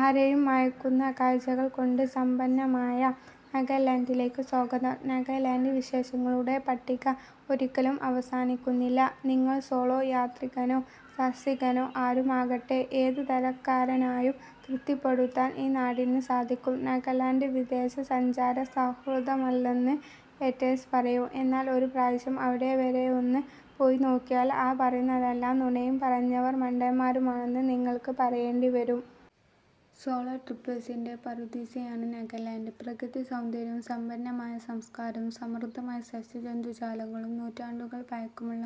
ആരേയും മയക്കുന്ന കാഴ്ച്ചകൾ കൊണ്ട് സമ്പന്നമായ നാഗാലാൻഡിലേക്ക് സ്വാഗതം. നാഗാലാന്റ് വിശേഷങ്ങളുടെ പട്ടിക ഒരിക്കലും അവസാനിക്കുന്നില്ല. നിങ്ങൾ സോളോ യാത്രികനോ സാഹസികനോ ആരുമാകട്ടെ ഏതുതരക്കാരേയും തൃപ്തിപ്പെടുത്താൻ ഈ നാടിന് സാധിക്കും. നാഗാലാന്റ് വിനോദസഞ്ചാര സൗഹൃദമല്ലെന്ന് ഹേറ്റേഴ്സ് പറയും. എന്നാൽ ഒരു പ്രാവശ്യം അവിടെ വരെയൊന്ന് പോയി നോക്കിയാൽ ആ പറയുന്നതെല്ലാം നുണയും പറഞ്ഞവർ മണ്ടന്മാരുമെന്ന് നിങ്ങൾക്ക് പറയേണ്ടിവരും. സോളോ ട്രിപ്പേഴ്സിന്റെ പറുദീസയാണ് നാഗാലാൻഡ്. പ്രകൃതി സൗന്ദര്യവും സമ്പന്നമായ സംസ്കാരവും സമൃദ്ധമായ സസ്യജന്തുജാലങ്ങളും നൂറ്റാണ്ടുകൾ പഴക്കമുള്ള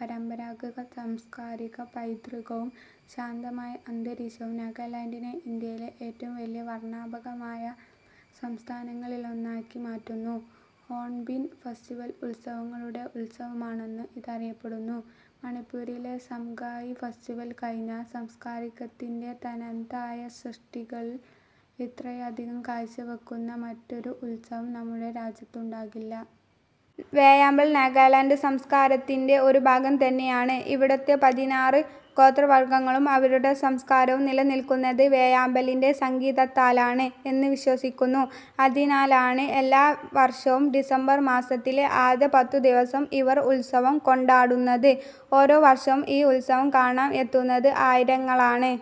പരമ്പരാഗത സാംസ്കാരിക പൈതൃകവും, ശാന്തമായ അന്തരീക്ഷവും നാഗാലാന്റിനെ ഇന്ത്യയിലെ ഏറ്റവും വർണ്ണാഭമായ സംസ്ഥാനങ്ങളിലൊന്നാക്കി മാറ്റുന്നു. ഹോൺബിൽ ഫെസ്റ്റിവൽ ഉത്സവങ്ങളുടെ ഉത്സവമെന്നാണ് ഇതറിയപ്പെടുന്നത്. മണിപ്പുരിലെ സാംഗായ് ഫെസ്റ്റിവൽ കഴിഞ്ഞാൽ സംസ്കാരത്തിന്റെ തനതായ സൃഷ്ടികൾ ഇത്രയധികം കാഴ്ചവയ്ക്കുന്ന മറ്റൊരു ഉത്സവം നമ്മുടെ രാജ്യത്തുണ്ടാകില്ല. വേഴാമ്പൽ നാഗാലാന്റ് സംസ്കാരത്തിന്റെ ഒരു ഭാഗം തന്നെയാണ്. ഇവിടുത്തെ പതിനാറ് ഗോത്രവർഗ്ഗങ്ങളും അവരുടെ സംസ്കാരവും നിലനിൽക്കുന്നത് വേഴാമ്പലിന്റെ സംഗീതത്താലാണ് എന്ന് വിശ്വസിക്കുന്നു. അതിനാലാണ് എല്ലാ വർഷവും ഡിസംബർ മാസത്തിലെ ആദ്യത്തെ പത്തുദിവസം ഇവർ ഉത്സവം കൊണ്ടാടുന്നത്. ഓരോ വർഷവും ഈ ഉത്സവം കാണാൻ എത്തുന്നത് ആയിരങ്ങളാണ്.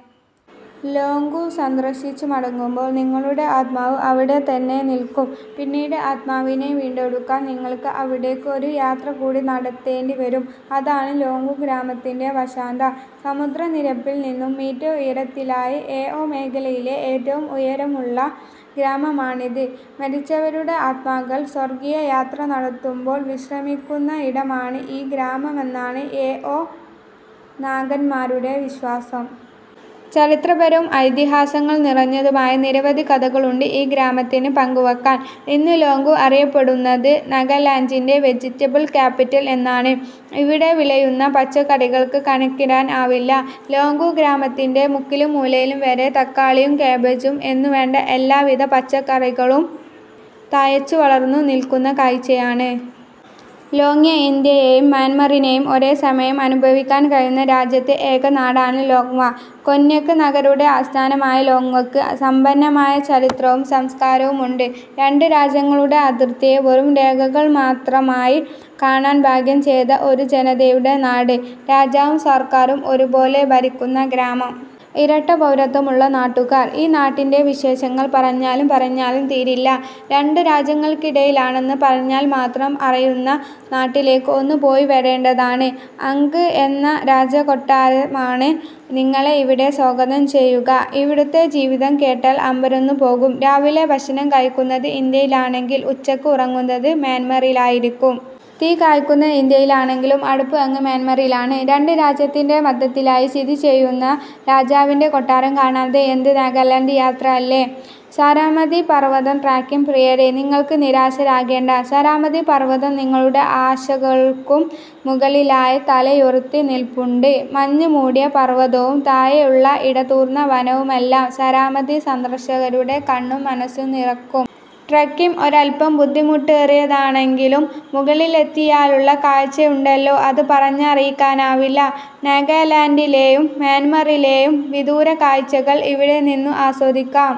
ലോങ്ങ്ഖും സന്ദർശിച്ചു മടങ്ങുമ്പോൾ നിങ്ങളുടെ ആത്മാവ് അവിടെ തന്നെ നിൽക്കും. പിന്നീട് ആത്മാവിനെ വീണ്ടെടുക്കാൻ നിങ്ങൾക്ക് അവിടേയ്ക്ക് ഒരു യാത്രകൂടി നടത്തേണ്ടിവരും അതാണ് ലോങ്ങ്ഖും ഗ്രാമത്തിന്റെ വശ്യത. സമുദ്രനിരപ്പിൽ നിന്നും മീറ്റർ ഉയരത്തിലായി എഓ മേഖലയിലെ ഏറ്റവും ഉയരമുള്ള ഗ്രാമമാണിത്. മരിച്ചവരുടെ ആത്മാക്കൾ സ്വർഗീയ യാത്ര നടത്തുമ്പോൾ വിശ്രമിക്കുന്നയിടമാണ് ഈ ഗ്രാമമെന്നാണ് എഓ നാഗന്മാരുടെ വിശ്വാസം. ചരിത്രപരവും ഐതിഹ്യങ്ങൾ നിറഞ്ഞതുമായ നിരവധി കഥകളുണ്ട് ഈ ഗ്രാമത്തിന് പങ്കുവയ്ക്കാൻ. ഇന്ന് ലോങ്ങ്ഖും അറിയപ്പെടുന്നത് നാഗാലാന്റിന്റെ ' വെജിറ്റബിൾ ക്യാപിറ്റൽ ' എന്നാണ്. ഇവിടെ വിളയുന്ന പച്ചകറികൾക്ക് കണക്കിടാൻ ആവില്ല. ലോങ്ങ്ഖും ഗ്രാമത്തിന്റെ മുക്കിലും മൂലയിലും വരെ തക്കാളിയും കാബേജും എന്നുവേണ്ട എല്ലാവിധ പച്ചക്കറികളും തഴച്ചുവളർന്നു നിൽക്കുന്ന കാഴ്ചയാണ്. ലോങ്വ ഇന്ത്യയെയും മ്യാന്മറിനെയും ഒരേസമയം അനുഭവിക്കാൻ കഴിയുന്ന രാജ്യത്തെ ഏക നാടാണ് ലോങ്ങ് വാ. കൊന്യാക് നാഗരുടെ ആസ്ഥാനമായ ലോങ്ങ് വായ്ക്ക് സമ്പന്നമായ ചരിത്രവും സംസ്കാരവുമുണ്ട്. രണ്ട് രാജ്യങ്ങളുടെ അതിർത്തിയെ വെറും രേഖകൾ മാത്രമായി കാണാൻ ഭാഗ്യം ചെയ്ത ഒരു ജനതയുടെ നാട്. രാജാവും സർക്കാരും ഒരുപോലെ ഭരിക്കുന്ന ഗ്രാമം. ഇരട്ടപൗരത്വമുള്ള നാട്ടുകാർ. ഈ നാടിന്റെ വിശേഷങ്ങൾ പറഞ്ഞാലും പറഞ്ഞാലും തീരില്ല. രണ്ട് രാജ്യങ്ങൾക്കിടയിലാണെന്ന് പറഞ്ഞാൽ മാത്രം അറിയുന്ന നാട്ടിലേക്ക് ഒന്ന് പോയിവരണ്ടേതാണ്. അങ്ഖ് എന്ന രാജാകൊട്ടാരമാണ് നിങ്ങളെ ഇവിടെ സ്വാഗതം ചെയ്യുക. ഇവിടുത്തെ ജീവിതം കേട്ടാൽ അമ്പരന്നുപോകും. രാവിലെ ഭക്ഷണം കഴിക്കുന്നത് ഇന്ത്യയിലാണെങ്കിൽ ഉച്ചയ്ക്ക് ഉറങ്ങുന്നത് മ്യാന്മാറിലായിരിക്കും. തീ കായുന്നത് ഇന്ത്യയിലാണെങ്കിലും അടുപ്പ് അങ്ങ് മ്യാന്മാറിലാണ്. രണ്ട് രാജ്യത്തിന്റെ മധ്യത്തിലായി സ്ഥിതിചെയ്യുന്ന രാജാവിന്റെ കൊട്ടാരം കാണാതെ എന്ത് നാഗാലാന്റ് യാത്ര അല്ലേ. സരാമതി പർവ്വതം ട്രക്കിംഗ് പ്രിയരെ നിങ്ങൾ നിരാശരാകേണ്ട. സരാമതി പർവ്വതം നിങ്ങളുടെ ആശകൾക്കും മുകളിലായി താലയുയർത്തി നിൽപ്പുണ്ട്. മഞ്ഞുമൂടിയ പർവ്വതവും താഴെയുള്ള ഇടതൂർന്ന വനവുമെല്ലാം സാരമതിസന്ദർഷകരുടെ കണ്ണും മനസ്സും നിറയ്ക്കും. ട്രക്കിംഗ് ഒരൽപ്പം ബുദ്ധിമുട്ടേറിയതാണെങ്കിലും മുകളിലെത്തിയാലുള്ള കാഴ്ചയുണ്ടല്ലോ അത് പറഞ്ഞറിയിക്കാനാവില്ല. നാഗാലാന്റിലേയും മ്യാന്മാറിലേയും വിദൂരകാഴ്ച്ചകൾ ഇവിടെനിന്നും ആസ്വദിക്കാം.